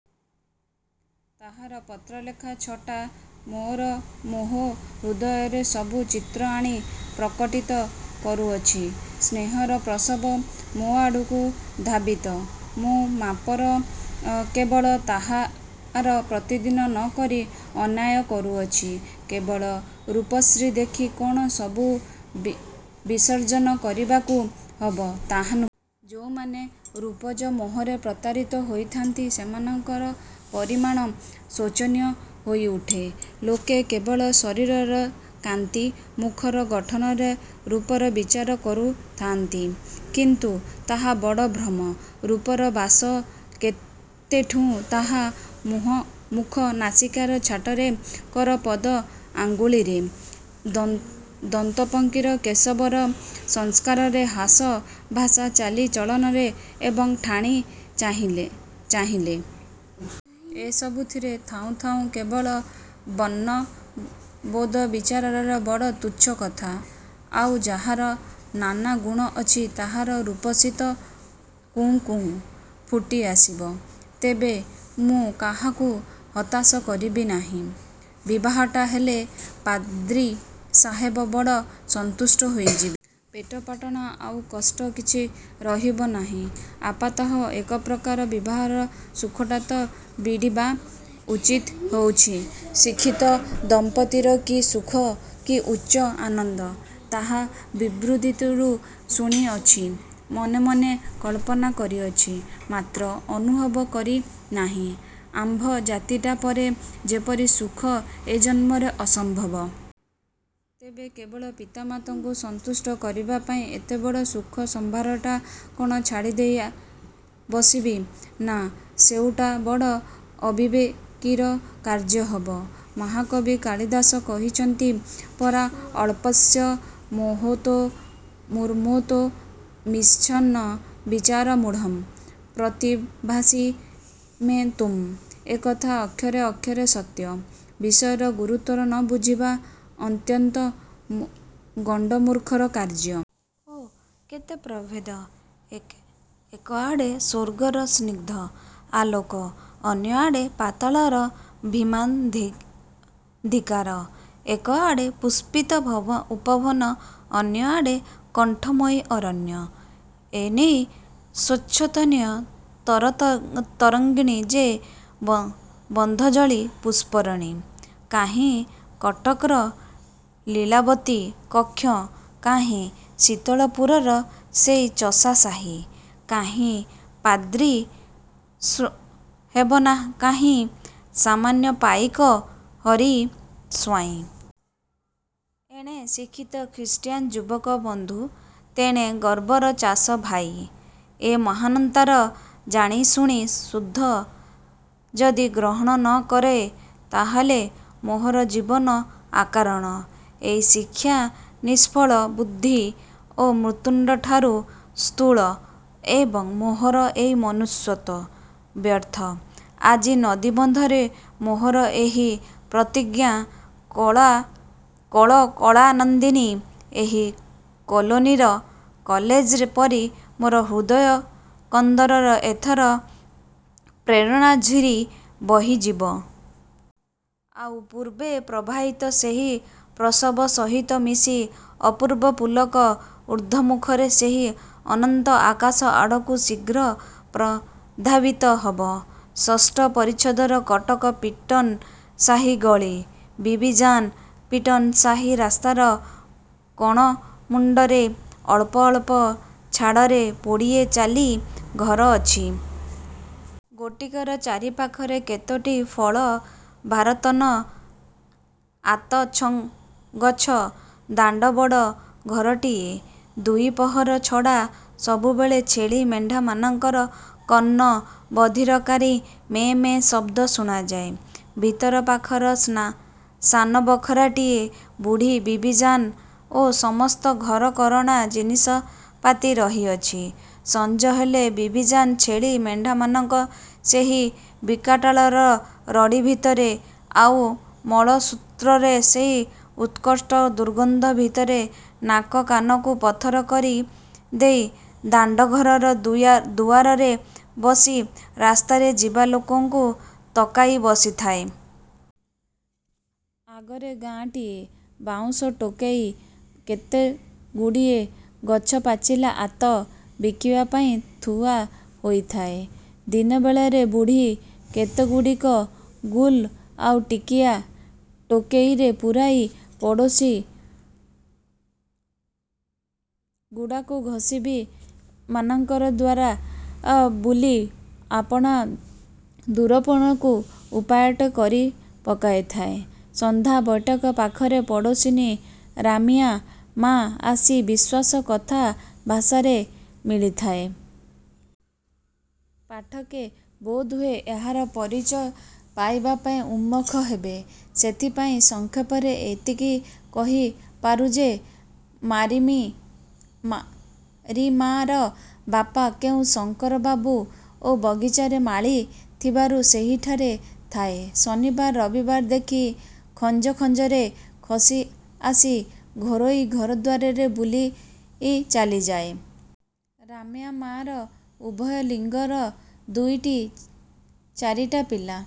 ତାହାର ପତ୍ରଲେଖା ଛଟା ମୋହ ହୃଦୟରେ ସବୁ ଚିତ୍ର ଆଣି ପ୍ରକଟିତ କରୁଅଛି। ସ୍ନେହର ପ୍ରସ୍ରବଣ ମୋ ଆଡ଼କୁ ଧାବିତ। ମୁଁ ପାମର କେବଳ ତାହାର ପ୍ରତିଦାନ ନ କରି ଅନ୍ୟାୟ କରୁଅଛି। କେବଳ ରୂପଶ୍ରୀ ଦେଖି କଣ ସବୁ ବିସର୍ଜନ କରିବାକୁ ହେବ, ତାହା ନୁହେଁ। ଯେଉଁମାନେ ରୂପଜ ମୋହରେ ପ୍ରତାରିତ ହୋଇଥାନ୍ତି, ସେମାନଙ୍କର ପରିଣାମ ଶୋଚନୀୟ ହୋଇଉଠେ। ଲୋକେ କେବଳ ଶରୀରର କାନ୍ତି ଓ ମୁଖର ଗଠନରେ ରୂପର ବିଚାର କରୁଥାନ୍ତି। କିନ୍ତୁ ତାହା ବଡ଼ ଭ୍ରମ। ରୂପର ବାସ କେତେଠିଁ ତାହା ମୁଖ ନାସିକା ଛଟାରେ କର ପଦ ଅଙ୍ଗୁଳିରେ - ଦନ୍ତପଂକ୍ତିରେ କେଶବେଶ ସଂସ୍କାରରେ ହାସ ଭାଷ ଚାଲି ଚଳନରେ ଏବଂ ଠାଣି ଚାହାଣିରେ। ଏ ସବୁଥିରେ ଥାଉଁ ଥାଉଁ କେବଳ ବର୍ଣ୍ଣବଦନବିଚାର ବଡ଼ ତୁଚ୍ଛ କଥା। ଆଉ ଯାହାର ନାନା ଗୁଣ ଅଛି, ତାର ରୂପଶ୍ରୀ ତ କାହୁଁ କାହୁଁ ଫୁଟିଆସିବ! ତେବେ ମୁଁ ତାହାକୁ ହତାଶ କରିବି ନାହିଁ। ବିବାହଟା ହେଲେ ପାଦ୍ରୀ ସାହେବ ବଡ଼ ସନ୍ତୁଷ୍ଟ ହୋଇଯିବେ। ପେଟପାଟଣାର ଆଉ କଷ୍ଟ କିଛି ରହିବ ନାହିଁ। ଆପାତତଃ ଏପ୍ରକାର ବିବାହର ସୁଖଟା ତ ବିଡ଼ିବା ଉଚିତ ହେଉଅଛି। ଶିକ୍ଷିତ ଦମ୍ପତୀର କି ସୁଖ, କି ଉଚ୍ଚ ଆନନ୍ଦ, ତାହା ବକ୍ତୃତାଦିରୁ ଶୁଣିଅଛି ମନେ ମନେ କଳ୍ପନା କରିଅଛି; ମାତ୍ର ଅନୁଭବ କରିନାହିଁ। ଆମ୍ଭ ଜାତିଟାରେ ସେପରି ସୁଖ ଏ ଜନ୍ମରେ ଅସମ୍ଭବ। ତେବେ କେବଳ ପିତାମାତାଙ୍କୁ ସନ୍ତୁଷ୍ଟ କରିବାପାଇଁ ଏତେବଡ଼ ସୁଖସମ୍ଭାରଟା କଣ ଛାଡ଼ିଦେଇ ବସିବି! ନା, ସେଉଟା ବଡ଼ ଅବିବେକିର କାର୍ଯ୍ୟ ହେବ। ମହାକବି କାଳିଦାସ କହିଅଛନ୍ତି ପରା-''ଅଳ୍ପସ୍ୟ ହେତୋ ର୍ବହୁହାତୁ ମିଚ୍ଛନ ବିଚାରମୂଢ଼ଃ ପ୍ରତିଭାସି ମେ ତ୍ୱଂ। '' ଏକଥା ଅକ୍ଷରେ ଅକ୍ଷରେ ସତ୍ୟ। ବିଷୟର ଗୁରୁତ୍ୱ ନ ବୁଝିବା ନିତାନ୍ତ ଗଣ୍ଡମୁର୍ଖର କାର୍ଯ୍ୟ। ଓହୋ! କେତେ ପ୍ରଭେଦ! ଏକଆଡ଼େ ସ୍ୱର୍ଗର ସ୍ନିଗ୍ଧ ଆଲୋକ- ଅନ୍ୟଆଡ଼େ ପାତାଳର ଭୀମାନ୍ଧକାର! ଏକଆଡ଼େ ପୁଷ୍ପିତ ଉପବନ ଅନ୍ୟଆଡ଼େ କଣ୍ଟକମୟ ଅରଣ୍ୟ! ଏଣେ ସ୍ୱଚ୍ଛତୋୟା ତରଙ୍ଗିଣୀ ତେଣେ ବନ୍ଧଜଳା ପୁଷ୍କରିଣୀ! କାହିଁ କଟକର ଲୀଳାବତୀ କକ୍ଷ କାହିଁ ଶୀତଳପୁରର ସେ ଚଷାସାହି। କାହିଁ ପାଦ୍ରୀ ବେନ୍ସାହେବ କାହିଁ ସାମାନ୍ୟ ପାଇକ ହରି ସ୍ୱାଇଁ। ଏଣେ ଶିକ୍ଷିତ ଖ୍ରୀଷ୍ଟିୟାନ ଯୁବକ ବନ୍ଧୁ ତେଣେ ବର୍ବର ଚଷା ଭାଇ! ଏ ମହାଅନ୍ତର ଜାଣିଶୁଣି ସୁଦ୍ଧା ଯଦି ଗ୍ରହଣ ନ କରେଁ, ତାହାହେଲେ ମୋହର ଜୀବନ ଅକାରଣ, ଏ ଶିକ୍ଷା ନିଷ୍ଫଳ, ବୁଦ୍ଧି ମୃତ୍ପିଣ୍ଡଠାରୁ ସ୍ଥୂଳ ଏବଂ ମୋହର ଏ ମନୁଷ୍ୟତ୍ୱ ବ୍ୟର୍ଥ। ଆଜି ନଦୀବନ୍ଧରେ ମୋହର ଏହି ପ୍ରତିଜ୍ଞା କଳକଳନାଦିନୀ ଏହି କଲ୍ଲୋଳିନୀର କଲ୍ଲୋଳ ପରି ମୋ ହୃଦୟକନ୍ଦରରେ ଏଥର ପ୍ରେମନିର୍ଝରିଣୀ ବହିଯିବ। ଆଉ ପୂର୍ବ ପ୍ରବାହିତ ସେହି ପ୍ରସ୍ରବଣ ସହିତ ମିଶି ଅପୂର୍ବ ପୁଲକରେ ଊର୍ଦ୍ଧ୍ୱମୁଖରେ ସେହି ଅନନ୍ତ ଆକାଶ ଆଡ଼କୁ ଶୀଘ୍ର ପ୍ରଧାବିତ ହେବ। '' ଷଷ୍ଠ ପରିଚ୍ଛେଦ କଟକ ପିଟନ ସାହି ଗଳି। ବିବିଜାନ୍। ପିଟନ ସାହି ରାସ୍ତାର କଣମୁଣ୍ଡରେ ଅଳ୍ପ ଅଳ୍ପ ଛଡ଼ାରେ ଯୋଡ଼ିଏ ଚାଳି ଘର ଅଛି। ଗୋଟିକର ଚାରିପାଖରେ କେତୋଟି ଫଳଭାରନତ ଆତଗଛ ଦାଣ୍ଡ ବଡ଼ ଘରଟିରେ ଦୁଇପହର ଛଡ଼ା ସବୁବେଳେ ଛେଳି ମେଣ୍ଢାମାନଙ୍କର କର୍ଣ୍ଣ ବଧିରକାରୀ ମେଁ-ମାଁ ଶଦ୍ଦ ଶୁଣାଯାଏ। ଭିତର ପାଖର ସାନ ବଖରାଟିରେ ବୁଢ଼ୀ ବିବିଜାନର ସମସ୍ତ ଘରକରଣା ଜିନିଷପାତି ରହିଅଛି। ସଞ୍ଜ ହେଲେ ବିବିଜାନ୍ ଛେଳି ମେଣ୍ଢାମାନଙ୍କର ସେହି ବିକଟାଳ ରଡ଼ି ଭିତରେ ଆଉ ମଳମୂତ୍ରର ସେ ଉତ୍କଟ ଦୁର୍ଗନ୍ଧ ଭିତରେ ନାକ କାନକୁ ପଥର କରିଦେଇ ଦାଣ୍ଡଘରର ଦୁଆରେ ବସି ରାସ୍ତାରେ ଯିବା ଲୋକଙ୍କୁ ତକାଇ ବସିଥାଏ। ଆଗରେ ଗୋଟିଏ ବାଉଁଶ ଟୋକାଇରେ କେତେଗୁଡ଼ିଏ ଗଛପାଚିଲା ଆତ ବିକିବା ପାଇଁ ଥୁଆ ହୋଇଥାଏ। ଦିନବେଳେ ବୁଢ଼ୀ କେତେଗୁଡ଼ିଏ ଗୁଲ ଆଉ ଟିକିଆ ଟୋକେଇରେ ପୂରାଇ ପଡ଼ୋସୀ ଗୁଡ଼ାଖୁସେବିମାନଙ୍କର ଦ୍ୱାର ଦ୍ୱାର ବୁଲି ଆପଣା ଉଦରପୂରଣର ଉପାୟଟା କରିପକାଇଥାଏ। ସନ୍ଧ୍ୟା ବୈଠକରେ ପାଖ ପଡ଼ୋସୀ ରାମିଆ ମା' ଆସି ବିଶ୍ୱାସ କଥା ଭାଷାରେ ମିଳିଯାଏ। ପାଠକେ, ବୋଧହୁଏ ଏହାର ପରିଚୟ ପାଇବାପାଇଁ ଉନ୍ମୁଖ ହେବେ। ସେଥିପାଇଁ ସଂକ୍ଷେପରେ ଏତିକି କହି ପାରୁଁ ଯେ, ରାମିଆର ବାପ କେଉଁ ଶଙ୍କର ବାବୁଙ୍କ ବଗିଚାରେ ମାଳି ଥିବାରୁ ସେହିଠାରେ ଥାଏ। ଶନିବାର ରବିବାର ଦେଖି ଖଞ୍ଜଖାଞ୍ଜରେ ଖସି ଆସି ଘେରାଏ ଘରଦ୍ୱାର ବୁଲି ଚାଲିଯାଏ। ରାମିଆ ମା'ର ଉଭୟ ଲିଙ୍ଗର ଦୁଇ ଚାରିଟା ପିଲା।